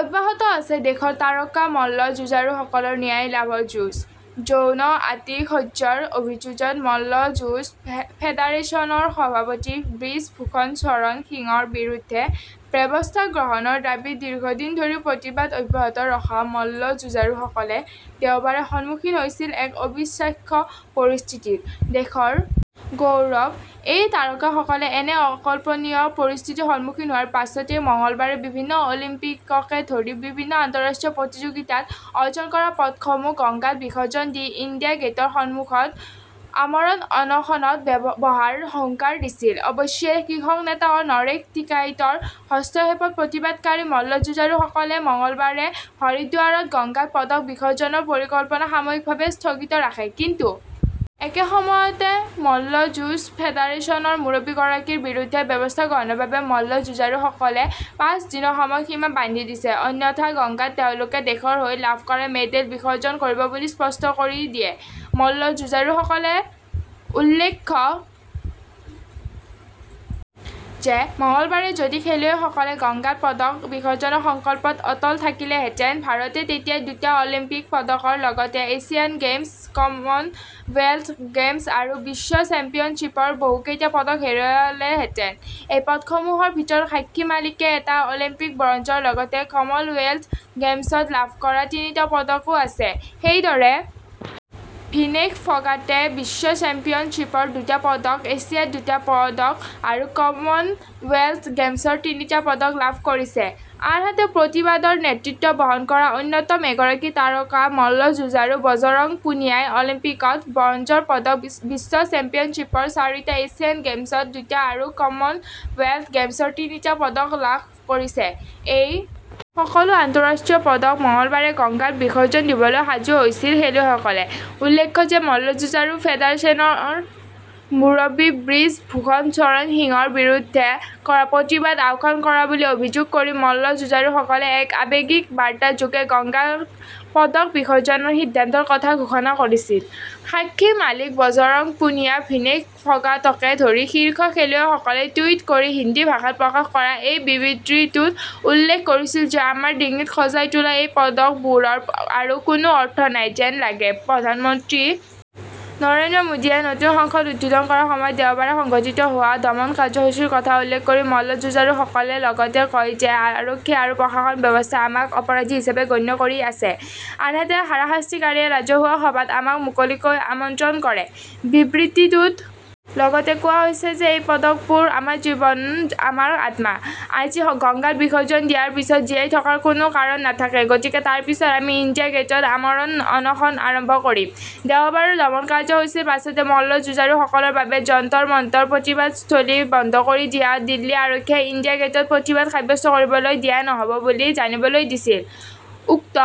অব্যাহত আছে দেশৰ তাৰকা মল্ল যুঁজাৰুসকলৰ ন্যায় লাভৰ যুঁজ। যৌন আতিশয্যৰ অভিযোগত মল্ল যুঁজ ফেডাৰেচনৰ সভাপতি ব্ৰিজ ভূষণ চৰণ সিঙৰ বিৰুদ্ধে ব্যৱস্থা গ্ৰহণৰ দাবীত দীৰ্ঘদিন ধৰি প্ৰতিবাদ অব্যাহত ৰখা মল্ল যুঁজাৰুসকলে দেওবাৰে সন্মুখীন হৈছিল এক অবিশ্বাস্য পৰিস্থিতিৰ। দেশৰ গৌৰৱ এই তাৰকাসকলে এনে অকল্পনীয় পৰিস্থিতিৰ সন্মুখীন হোৱাৰ পাছতেই মঙলবাৰে বিভিন্ন অলিম্পিককে ধৰি বিভিন্ন আন্ত:ৰাষ্ট্ৰীয় প্ৰতিযোগিতাত অৰ্জন কৰা পদকসমূহ গংগাত বিসৰ্জন দি ইণ্ডিয়া গেটৰ সন্মুখত আমৰণ অনশনত বহাৰ হুংকাৰ দিছিল। অৱশ্যে কৃষক নেতা নৰেশ টিকাইটৰ হস্তক্ষেপত প্ৰতিবাদকাৰী মল্ল যুঁজাৰুসকলে মঙলবাৰে হৰিদ্বাৰত গংগাত পদক বিসৰ্জনৰ পৰিকল্পনা সাময়িকভাৱে স্থগিত ৰাখে। কিন্তু একে সময়তে মল্ল যুঁজ ফেডাৰেচনৰ মুৰব্বীগৰাকীৰ বিৰুদ্ধে ব্যৱস্থা গ্ৰহণৰ বাবে মল্ল যুঁজাৰুসকলে পাঁচ দিনৰ সময়সীমা বান্ধি দিছে। অন্যথা গংগাত তেওঁলোকে দেশৰ হৈ লাভ কৰা মেডেল বিসৰ্জন কৰিব বুলি স্পষ্ট কৰি দিয়ে মল্ল যুঁজাৰুসকলে ।উল্লেখ্য যে মঙলবাৰে যদি খেলুৱৈসকলে গংগাত পদক বিসৰ্জনৰ সংকল্পত অটল থাকিলহেঁতেন ভাৰতে তেতিয়া দুটা অলিম্পিক পদকৰ লগতে এছিয়ান গেমছ কমনৱেলথ গেমছ আৰু বিশ্ব চেম্পিয়নশ্বিপৰ বহুকেইটা পদক হেৰুৱালেহেঁতেন। এই পদকসমূহৰ ভিতৰত সাক্ষী মালিকে এটা অলিম্পিক ব্ৰঞ্জৰ লগতে কমনৱেলথ গেমছত লাভ কৰা তিনিটা পদকো আছে। সেইদৰে ভিনেশ ফগাটে বিশ্ব চেম্পিয়নশ্বিপৰ দুটা পদক এছিয়াত দুটা পদক আৰু কমনৱেলথ গেমছৰ তিনিটা পদক লাভ কৰিছে। আনহাতে প্ৰতিবাদৰ নেতৃত্ব বহন কৰা অন্যতম এগৰাকী তাৰকা মল্ল যুঁজাৰু বজৰং পুনিয়াই অলিম্পিকত ব্ৰঞ্জৰ পদক বিশ্ব চেম্পিয়নশ্বিপৰ চাৰিটা এছিয়ান গেমছত দুটা আৰু কমনৱেলথ গেমছৰ তিনিটা পদক লাভ কৰিছে। এই সকলো আন্ত:ৰাষ্ট্ৰীয় পদক মঙলবাৰে গংগাত বিসৰ্জন দিবলৈ সাজু হৈছিল খেলুৱৈসকল। উল্লেখ্য যে মল্ল যুঁজাৰু ফেডাৰেচনৰ মুৰব্বী ব্ৰিজ ভূষণ চৰণ সিঙৰ বিৰুদ্ধে কৰা প্ৰতিবাদ আওকাণ কৰা বুলি অভিযোগ কৰি মল্ল যুঁজাৰুসকলে এক আৱেগিক বাৰ্তাযোগে গংগাত পদক বিসৰ্জনৰ সিদ্ধান্তৰ কথা ঘোষণা কৰিছিল৷ সাক্ষী মালিক বজৰং পুনিয়া ভিনেশ ফগাটকে ধৰি শীৰ্ষ খেলুৱৈসকলে টুইট কৰি হিন্দী ভাষাত প্ৰকাশ কৰা এই বিবৃতিটোত উল্লেখ কৰিছিল যে আমাৰ ডিঙিত সজাই তোলা এই পদকবোৰৰ আৰু কোনো অৰ্থ নাই যেন লাগে। প্ৰধানমন্ত্ৰী নৰেন্দ্ৰ মোদীয়ে নতুন সংসদ উদ্বোধন কৰাৰ সময়ত দেওবাৰে সংঘটিত হোৱা দমন কাৰ্যসূচীৰ কথা উল্লেখ কৰি মল্ল যুঁজাৰুসকলে লগতে কয় যে আৰক্ষী আৰু প্ৰশাসন ব্যৱস্থাই আমাক অপৰাধী হিচাপে গণ্য কৰি আছে ।আনহাতে হাৰাশাস্তিকাৰীয়ে ৰাজহুৱা সভাত আমাক মুকলিকৈ আক্ৰমণ কৰে। বিবৃতিটোত লগতে কোৱা হৈছে যে এই পদকবোৰ আমাৰ জীৱন আমাৰ আত্মা। আজি গংগাত বিসৰ্জন দিয়াৰ পিছত জীয়াই থকাৰ কোনো কাৰণ নাথাকে। গতিকে তাৰ পিছত আমি ইণ্ডিয়া গেটত আমৰণ অনশন আৰম্ভ কৰিম। দেওবাৰৰ দমন কাৰ্যসূচীৰ পাছতে মল্ল যুঁজাৰুসকলৰ বাবে যন্তৰ-মন্তৰ প্ৰতিবাদস্থলী বন্ধ কৰি দিয়া দিল্লী আৰক্ষীয়ে ইণ্ডিয়া গেটত প্ৰতিবাদ সাব্যস্ত কৰিবলৈ দিয়া নহ'ব বুলি জানিবলৈ দিছিল। উক্ত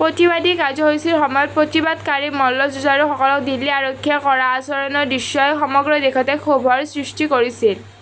প্ৰতিবাদী কাৰ্যসূচীৰ সময়ত প্ৰতিবাদকাৰী মল্ল যুঁজাৰুসকলক দিল্লী আৰক্ষীয়ে কৰা আচৰণৰ দৃশ্যই সমগ্ৰ দেশতে ক্ষোভৰ সৃষ্টি কৰিছিল।